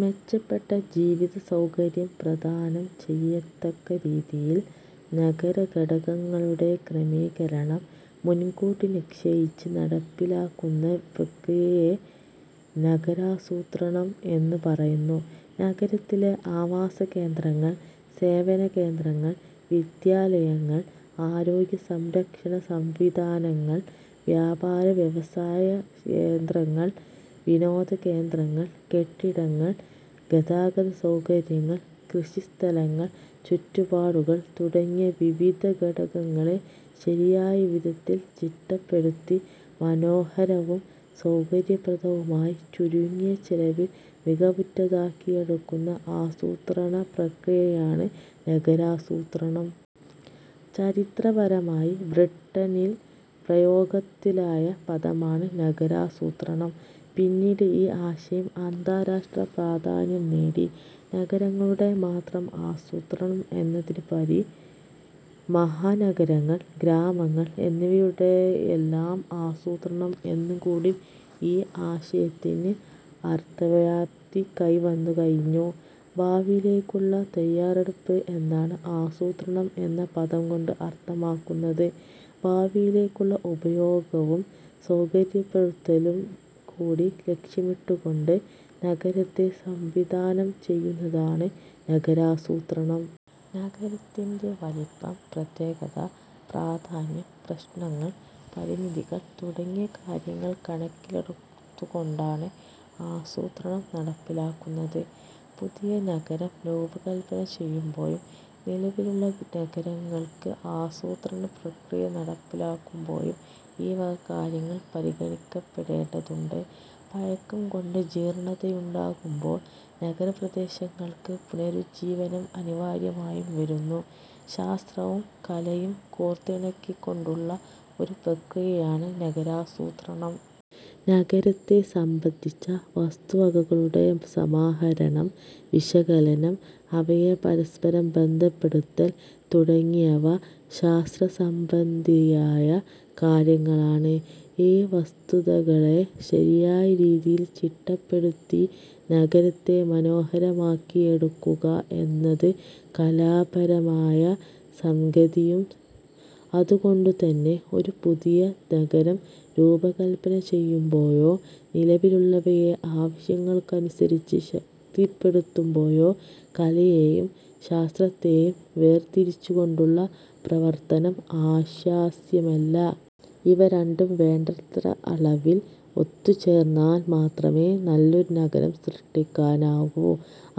മെച്ചപ്പെട്ട ജീവിതസൗകര്യം പ്രദാനം ചെയ്യത്തക്ക രീതിയിൽ നഗരഘടകങ്ങളുടെ ക്രമീകരണം മുൻകൂട്ടി നിശ്ചയിച്ച് നടപ്പിലാക്കുന്ന പ്രക്രിയയെ നഗരാസൂത്രണം എന്നു പറയുന്നു. നഗരത്തിലെ ആവാസകേന്ദ്രങ്ങൾ, സേവനകേന്ദ്രങ്ങൾ, വിദ്യാലയങ്ങൾ, ആരോഗ്യസംരക്ഷണ സംവിധാനങ്ങൾ, വ്യാപാര-വ്യവസായ കേന്ദ്രങ്ങൾ, വിനോദകേന്ദ്രങ്ങൾ, കെട്ടിടങ്ങൾ, ഗതാഗതസൗകര്യങ്ങൾ, കൃഷിസ്ഥലങ്ങൾ, ചുറ്റുപാടുകൾ തുടങ്ങിയ വിവിധ ഘടകങ്ങളെ ശരിയായ വിധത്തിൽ ചിട്ടപ്പെടുത്തി, മനോഹരവും സൗകര്യപ്രദവുമായി, ചുരുങ്ങിയ ചെലവിൽ മികവുറ്റതാക്കിയെടുക്കുന്ന ആസൂത്രണ പ്രക്രിയയാണ് നഗരാസൂത്രണം. ചരിത്രപരമായി ബ്രിട്ടനിൽ പ്രയോഗത്തിലായ പദമാണ് നഗരാസൂത്രണം. പിന്നീട് ഈ ആശയം അന്താരാഷ്ട്ര പ്രാധാന്യം നേടി. നഗരങ്ങളുടെ മാത്രം ആസൂത്രണം എന്നതിനുപരി മഹാനഗരങ്ങൾ, ഗ്രാമങ്ങൾ എന്നിവയുടെയെല്ലാം ആസൂത്രണം എന്നുകൂടി ഈ ആശയത്തിന് അർഥവ്യാപ്തി കൈവന്നുകഴിഞ്ഞു. ഭാവിയിലേക്കുള്ള തയ്യാറെടുപ്പ് എന്നാണ് ആസൂത്രണം എന്ന പദംകൊണ്ട് അർഥമാക്കുന്നത്. ഭാവിയിലേക്കുള്ള ഉപയോഗവും സൗകര്യപ്പെടുത്തലുംകൂടി ലക്ഷ്യമിട്ടുകൊണ്ട് നഗരത്തെ സംവിധാനം ചെയ്യുന്നതാണ് നഗരാസൂത്രണം. നഗരത്തിന്റെ വലിപ്പം, പ്രത്യേകത, പ്രാധാന്യം, പ്രശ്നങ്ങൾ, പരിമിതികൾ തുടങ്ങിയ കാര്യങ്ങൾ കണക്കിലെടുത്തുകൊണ്ടാണ് ആസൂത്രണം നടപ്പിലാക്കുന്നത്. പുതിയ നഗരം രൂപകല്പന ചെയ്യുമ്പോഴും നിലവിലുള്ള നഗരങ്ങൾക്ക് ആസൂത്രണപ്രക്രിയ നടപ്പിലാക്കുമ്പോഴും ഈവക കാര്യങ്ങൾ പരിഗണിക്കപ്പെടേണ്ടതുണ്ട്. പഴക്കംകൊണ്ട് ജീർണതയുണ്ടാകുമ്പോൾ നഗരപ്രദേശങ്ങൾക്ക് പുനരുജ്ജീവനം അനിവാര്യമായും വരുന്നു. ശാസ്ത്രവും കലയും കോർത്തിണക്കിക്കൊണ്ടുള്ള ഒരു പ്രക്രിയയാണ് നഗരാസൂത്രണം. നഗരത്തെ സംബന്ധിച്ച വസ്തുവകകളുടെ സമാഹരണം, വിശകലനം, അവയെ പരസ്പരം ബന്ധപ്പെടുത്തൽ തുടങ്ങിയവ ശാസ്ത്രസംബന്ധിയായ കാര്യങ്ങളാണ്. ഈ വസ്തുതകളെ ശരിയായ രീതിയിൽ ചിട്ടപ്പെടുത്തി നഗരത്തെ മനോഹരമാക്കിയെടുക്കുക എന്നത് കലാപരമായ സംഗതിയും. അതുകൊണ്ടുതന്നെ ഒരു പുതിയ നഗരം രൂപകല്പന ചെയ്യുമ്പോഴോ നിലവിലുള്ളവയെ ആവശ്യങ്ങൾക്കനുസരിച്ച് ശക്തിപ്പെടുത്തുമ്പോഴോ കലയെയും ശാസ്ത്രത്തെയും വേർതിരിച്ചുകൊണ്ടുള്ള പ്രവർത്തനം ആശാസ്യമല്ല. ഇവ രണ്ടും വേണ്ടത്ര അളവിൽ ഒത്തുചേർന്നാൽ മാത്രമേ നല്ലൊരു നഗരം സൃഷ്ടിക്കാനാകൂ.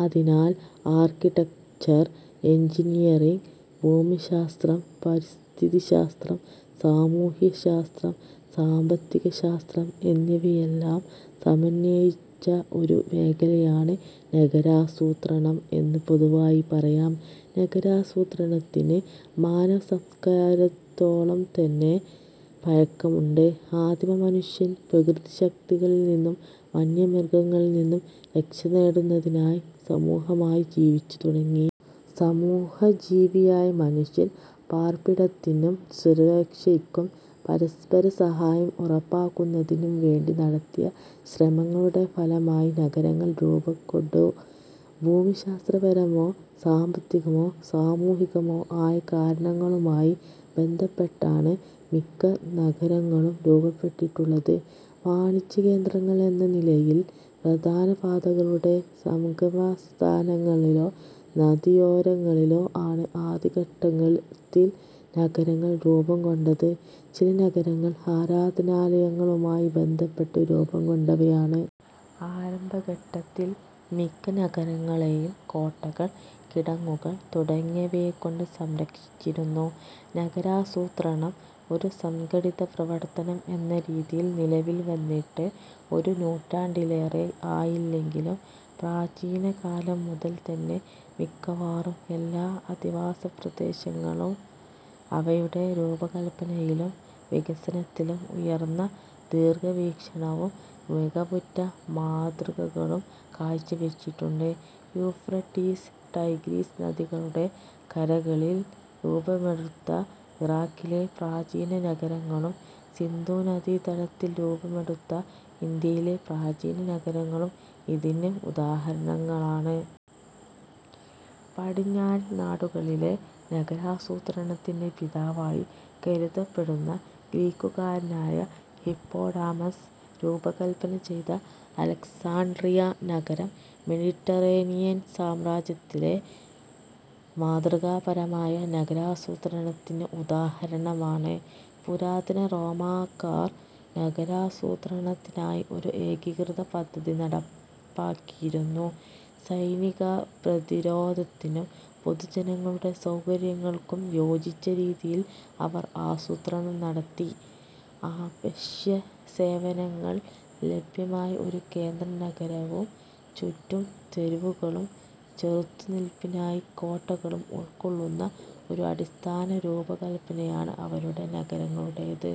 അതിനാൽ ആർക്കിടെക്ചർ, എൻജിനീയറിങ്, ഭൂമിശാസ്ത്രം, പരിസ്ഥിതിശാസ്ത്രം, സാമൂഹ്യശാസ്ത്രം, സാമ്പത്തികശാസ്ത്രം എന്നിവയെല്ലാം സമന്വയിച്ച ഒരു മേഖലയാണ് നഗരാസൂത്രണം എന്ന് പൊതുവായി പറയാം. നഗരാസൂത്രണത്തിന് മാനവസംസ്കാരത്തോളംതന്നെ പഴക്കമുണ്ട്. ആദിമമനുഷ്യൻ പ്രകൃതിശക്തികളിൽനിന്നും വന്യമൃഗങ്ങളിൽനിന്നും രക്ഷനേടുന്നതിനായി സമൂഹമായി ജീവിച്ചുതുടങ്ങി. സമൂഹജീവിയായ മനുഷ്യൻ പാർപ്പിടത്തിനും സുരക്ഷയ്ക്കും പരസ്പരസഹായം ഉറപ്പാക്കുന്നതിനും വേണ്ടി നടത്തിയ ശ്രമങ്ങളുടെ ഫലമായി നഗരങ്ങൾ രൂപംകൊണ്ടു. ഭൂമിശാസ്ത്രപരമോ സാമ്പത്തികമോ സാമൂഹികമോ ആയ കാരണങ്ങളുമായി ബന്ധപ്പെട്ടാണ് മിക്ക നഗരങ്ങളും രൂപപ്പെട്ടിട്ടുള്ളത്. വാണിജ്യകേന്ദ്രങ്ങൾ എന്ന നിലയിൽ പ്രധാന പാതകളുടെ സംഗമസ്ഥാനങ്ങളിലോ നദിയോരങ്ങളിലോ ആണ് ആദ്യഘട്ടത്തിൽ നഗരങ്ങൾ രൂപംകൊണ്ടത്. ചില നഗരങ്ങൾ ആരാധനാലയങ്ങളുമായി ബന്ധപ്പെട്ട് രൂപംകൊണ്ടവയാണ്. ആരംഭഘട്ടത്തിൽ മിക്ക നഗരങ്ങളെയും കോട്ടകൾ, കിടങ്ങുകൾ തുടങ്ങിയവയെകൊണ്ട് സംരക്ഷിച്ചിരുന്നു. നഗരാസൂത്രണം ഒരു സംഘടിത പ്രവർത്തനം എന്ന രീതിയിൽ നിലവിൽവന്നിട്ട് ഒരു നൂറ്റാണ്ടിലേറെ ആയില്ലെങ്കിലും പ്രാചീനകാലം മുതൽതന്നെ മിക്കവാറും എല്ലാ അധിവാസപ്രദേശങ്ങളും അവയുടെ രൂപകല്പനയിലും വികസനത്തിലും ഉയർന്ന ദീർഘവീക്ഷണവും മികവുറ്റ മാതൃകകളും കാഴ്ചവച്ചിട്ടുണ്ട്. യൂഫ്രട്ടീസ്, ടൈഗ്രിസ് നദികളുടെ കരകളിൽ രൂപമെടുത്ത ഇറാഖിലെ പ്രാചീന നഗരങ്ങളും സിന്ധുനദീതടത്തിൽ രൂപമെടുത്ത ഇന്ത്യയിലെ പ്രാചീന നഗരങ്ങളും ഇതിന് ഉദാഹരണങ്ങളാണ്. പടിഞ്ഞാൻ നാടുകളിലെ നഗരാസൂത്രണത്തിന്റെ പിതാവായി കരുതപ്പെടുന്ന ഗ്രീക്കുകാരനായ ഹിപ്പോഡാമസ് രൂപകല്പനചെയ്ത അലക്സാൻഡ്രിയ നഗരം മെഡിറ്ററേനിയൻ സാമ്രാജ്യത്തിലെ മാതൃകാപരമായ നഗരാസൂത്രണത്തിന് ഉദാഹരണമാണ്. പുരാതന റോമാക്കാർ നഗരാസൂത്രണത്തിനായി ഒരു ഏകീകൃത പദ്ധതി നടപ്പാക്കിയിരുന്നു. സൈനികപ്രതിരോധത്തിനും പൊതുജനങ്ങളുടെ സൗകര്യങ്ങൾക്കും യോജിച്ച രീതിയിൽ അവർ ആസൂത്രണം നടത്തി. അവശ്യസേവനങ്ങൾ ലഭ്യമായ ഒരു കേന്ദ്രനഗരവും ചുറ്റും തെരുവുകളും ചെറുത്തുനില്പിനായി കോട്ടകളും ഉൾക്കൊള്ളുന്ന ഒരു അടിസ്ഥാന രൂപകല്പനയാണ് അവരുടെ നഗരങ്ങളുടേത്.